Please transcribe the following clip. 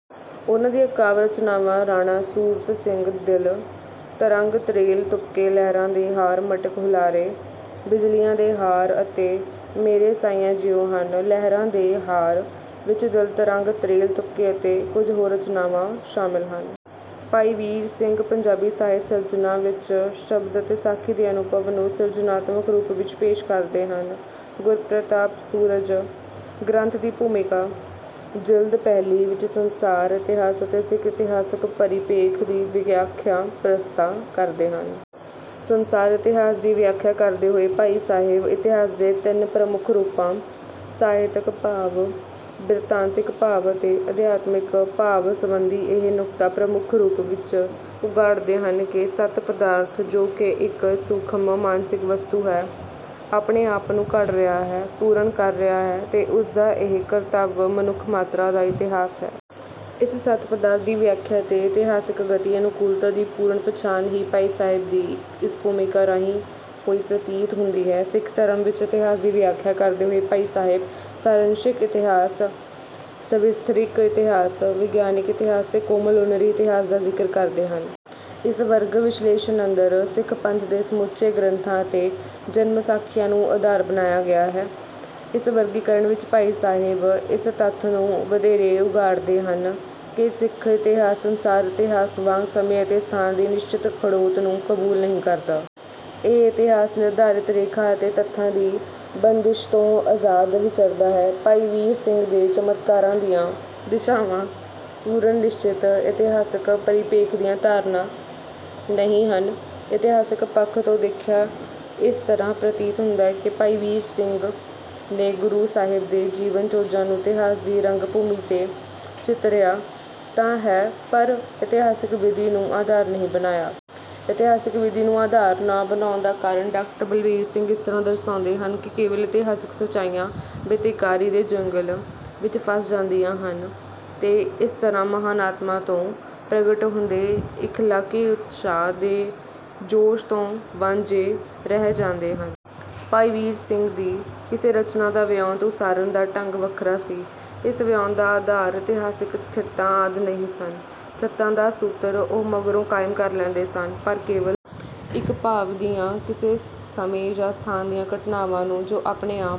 ਉਨ੍ਹਾਂ ਦੀਆਂ ਕਾਵਿ ਰਚਨਾਵਾਂ ਰਾਣਾ ਸੂਰਤ ਸਿੰਘ ਦਿਲ ਤਰੰਗ ਤ੍ਰੇਲ ਤੁਪਕੇ ਲਹਿਰਾਂ ਦੇ ਹਾਰ ਮਟਕ ਹੁਲਾਰੇ ਬਿਜਲੀਆਂ ਦੇ ਹਾਰ ਅਤੇ ਮੇਰੇ ਸਾਈਆਂ ਜੀਓ ਹਨ। ਲਹਿਰਾਂ ਦੇ ਹਾਰ ਵਿੱਚ ਦਿਲ ਤਰੰਗ ਤ੍ਰੇਲ ਤੁਪਕੇ ਅਤੇ ਕੁਝ ਹੋਰ ਰਚਨਾਵਾਂ ਸ਼ਾਮਿਲ ਹਨ। ਭਾਈ ਵੀਰ ਸਿੰਘ ਪੰਜਾਬੀ ਸਾਹਿਤ ਸਿਰਜਨਾ ਵਿੱਚ ਸ਼ਬਦ ਅਤੇ ਸਾਖੀ ਦੇ ਅਨੁਭਵ ਨੂੰ ਸਿਰਜਨਾਤਮਕ ਰੂਪ ਵਿੱਚ ਪੇਸ਼ ਕਰਦੇ ਹਨ। ਗੁਰ ਪ੍ਰਤਾਪ ਸੂਰਜ ਗ੍ਰੰਥ ਦੀ ਭੂਮਿਕਾ ਜਿਲਦ ਪਹਿਲੀ ਵਿੱਚ ਸੰਸਾਰ ਇਤਿਹਾਸ ਅਤੇ ਸਿੱਖ ਇਤਿਹਾਸਕ ਪਰਿਪੇਖ ਦੀ ਵਿਆਖਿਆ ਪ੍ਰਸਤਾ ਕਰਦੇ ਹਨ। ਸੰਸਾਰ ਇਤਿਹਾਸ ਦੀ ਵਿਆਖਿਆ ਕਰਦੇ ਹੋਏ ਭਾਈ ਸਾਹਿਬ ਇਤਿਹਾਸ ਦੇ ਤਿੰਨ ਪ੍ਰਮੁੱਖ ਰੂਪਾਂ ਸਾਹਿਤਕ ਭਾਵ ਬ੍ਰਿਤਾਂਤਿਕ ਭਾਵ ਅਤੇ ਅਧਿਆਤਮਕ ਭਾਵ ਸੰਬੰਧੀ ਇਹ ਨੁਕਤਾ ਪ੍ਰਮੁਖ ਰੂਪ ਵਿੱਚ ਉਘਾੜਦੇ ਹਨ ਕਿ ਸੱਤ ਪਦਾਰਥ ਜੋ ਕਿ ਇੱਕ ਸੂਖਮ ਮਾਨਸਿਕ ਵਸਤੂ ਹੈ ਆਪਣੇ ਆਪ ਨੂੰ ਘੜ ਰਿਹਾ ਹੈ ਪੂਰਨ ਕਰ ਰਿਹਾ ਹੈ ਤੇ ਉਸਦਾ ਇਹ ਕਰਤੱਵ ਮਨੁਖ ਮਾਤ੍ਰਾ ਦਾ ਇਤਿਹਾਸ ਹੈ। ਇਸ ਸਤ ਪਦਾਰਥ ਦੀ ਵਿਆਖਿਆ ਅਤੇ ਇਤਿਹਾਸਕ ਗਤੀ ਅਨੂਕੁਲਤਾ ਦੀ ਪੂਰਨ ਪਛਾਣ ਹੀ ਭਾਈ ਸਾਹਿਬ ਦੀ ਇਸ ਭੂਮਿਕਾ ਰਾਹੀਂ ਹੋਈ ਪ੍ਰਤੀਤ ਹੁੰਦੀ ਹੈ। ਸਿੱਖ ਧਰਮ ਵਿੱਚ ਇਤਿਹਾਸ ਦੀ ਵਿਆਖਿਆ ਕਰਦੇ ਹੋਏ ਭਾਈ ਸਾਹਿਬ ਸਾਰੰਸ਼ਿਕ ਇਤਿਹਾਸ ਸਵਿਸਥਰਿਕ ਇਤਿਹਾਸ ਵਿਗਿਆਨਕ ਇਤਿਹਾਸ ਤੇ ਕੋਮਲ ਉਨਰੀ ਇਤਿਹਾਸ ਦਾ ਜ਼ਿਕਰ ਕਰਦੇ ਹਨ। ਇਸ ਵਰਗ ਵਿਸ਼ਲੇਸ਼ਣ ਅੰਦਰ ਸਿੱਖ ਪੰਥ ਦੇ ਸਮੁਚੇ ਗ੍ਰੰਥਾਂ ਅਤੇ ਜਨਮਸਾਖੀਆਂ ਨੂੰ ਅਧਾਰ ਬਣਾਇਆ ਗਿਆ ਹੈ। ਇਸ ਵਰਗੀਕਰਨ ਵਿੱਚ ਭਾਈ ਸਾਹਿਬ ਇਸ ਤੱਥ ਨੂੰ ਵਧੇਰੇ ਉਗਾੜਦੇ ਹਨ ਕਿ ਸਿੱਖ ਇਤਿਹਾਸ ਸੰਸਾਰ ਇਤਿਹਾਸ ਵਾਂਗ ਸਮੇਂ ਅਤੇ ਸਥਾਨ ਦੀ ਨਿਸ਼ਚਿਤ ਖੜੋਤ ਨੂੰ ਕਬੂਲ ਨਹੀਂ ਕਰਦਾ। ਇਹ ਇਤਿਹਾਸ ਨਿਰਧਾਰਿਤ ਰੇਖਾ ਅਤੇ ਤਥਾ ਦੀ ਬੰਦਿਸ਼ ਤੋਂ ਅਜ਼ਾਦ ਵਿਚਰਦਾ ਹੈ। ਭਾਈ ਵੀਰ ਸਿੰਘ ਦੇ ਚਮਤਕਾਰਾਂ ਦੀਆਂ ਦਿਸ਼ਾਵਾਂ ਪੂਰਵ ਨਿਸ਼ਚਿਤ ਇਤਿਹਾਸਕ ਪਰਿਪੇਖ ਦੀਆਂ ਧਾਰਨੀ ਨਹੀਂ ਹਨ। ਇਤਿਹਾਸਕ ਪੱਖ ਤੋਂ ਦੇਖਿਆ ਇਸ ਤਰ੍ਹਾਂ ਪ੍ਰਤੀਤ ਹੁੰਦਾ ਹੈ ਕਿ ਭਾਈ ਵੀਰ ਸਿੰਘ ਨੇ ਗੁਰੂ ਸਾਹਿਬ ਦੇ ਜੀਵਨ ਚੋਜਾਂ ਨੂੰ ਇਤਿਹਾਸ ਦੀ ਰੰਗ ਭੂਮੀ ਤੇ ਚਿਤਰਿਆ ਤਾਂ ਹੈ ਪਰ ਇਤਿਹਾਸਕ ਵਿਧੀ ਨੂੰ ਆਧਾਰ ਨਹੀਂ ਬਣਾਇਆ। ਇਤਿਹਾਸਕ ਵਿਧੀ ਨੂੰ ਆਧਾਰ ਨਾ ਬਣਾਉਣ ਦਾ ਕਾਰਣ ਡਾਕਟਰ ਬਲਵੀਰ ਸਿੰਘ ਇਸ ਤਰ੍ਹਾਂ ਦਰਸਾਉਂਦੇ ਹਨ ਕਿ ਕੇਵਲ ਇਤਿਹਾਸਕ ਸਚਾਈਆਂ ਮਿਤੀਕਾਰੀ ਦੇ ਜੰਗਲ ਵਿੱਚ ਫਸ ਜਾਂਦੀਆਂ ਹਨ ਤੇ ਇਸ ਤਰ੍ਹਾਂ ਮਹਾਨ ਆਤਮਾ ਤੋਂ ਪ੍ਰਗਟ ਹੁੰਦੇ ਇਖਲਾਕੀ ਉਤਸ਼ਾਹ ਦੇ ਜੋਸ਼ ਤੋਂ ਵਾਜੇਂ ਰਹਿ ਜਾਂਦੇ ਹਨ। ਭਾਈ ਵੀਰ ਸਿੰਘ ਦੀ ਕਿਸੇ ਰਚਨਾ ਦਾ ਵਿਉਂਤ ਉਸਾਰਨ ਦਾ ਢੰਗ ਵੱਖਰਾ ਸੀ। ਇਸ ਵਿਉਂਤ ਦਾ ਆਧਾਰ ਇਤਿਹਾਸਕ ਥਿੱਤਾਂ ਆਦਿ ਨਹੀਂ ਸਨ। ਥਿੱਤਾਂ ਦਾ ਸੂਤਰ ਉਹ ਮਗਰੋਂ ਕਾਇਮ ਕਰ ਲੈਂਦੇ ਸਨ ਪਰ ਕੇਵਲ ਇੱਕ ਭਾਵ ਦੀਆਂ ਕਿਸੇ ਸਮੇਂ ਜਾਂ ਸਥਾਨ ਦੀਆਂ ਘਟਨਾਵਾਂ ਨੂੰ ਜੋ ਆਪਣੇ ਆਪ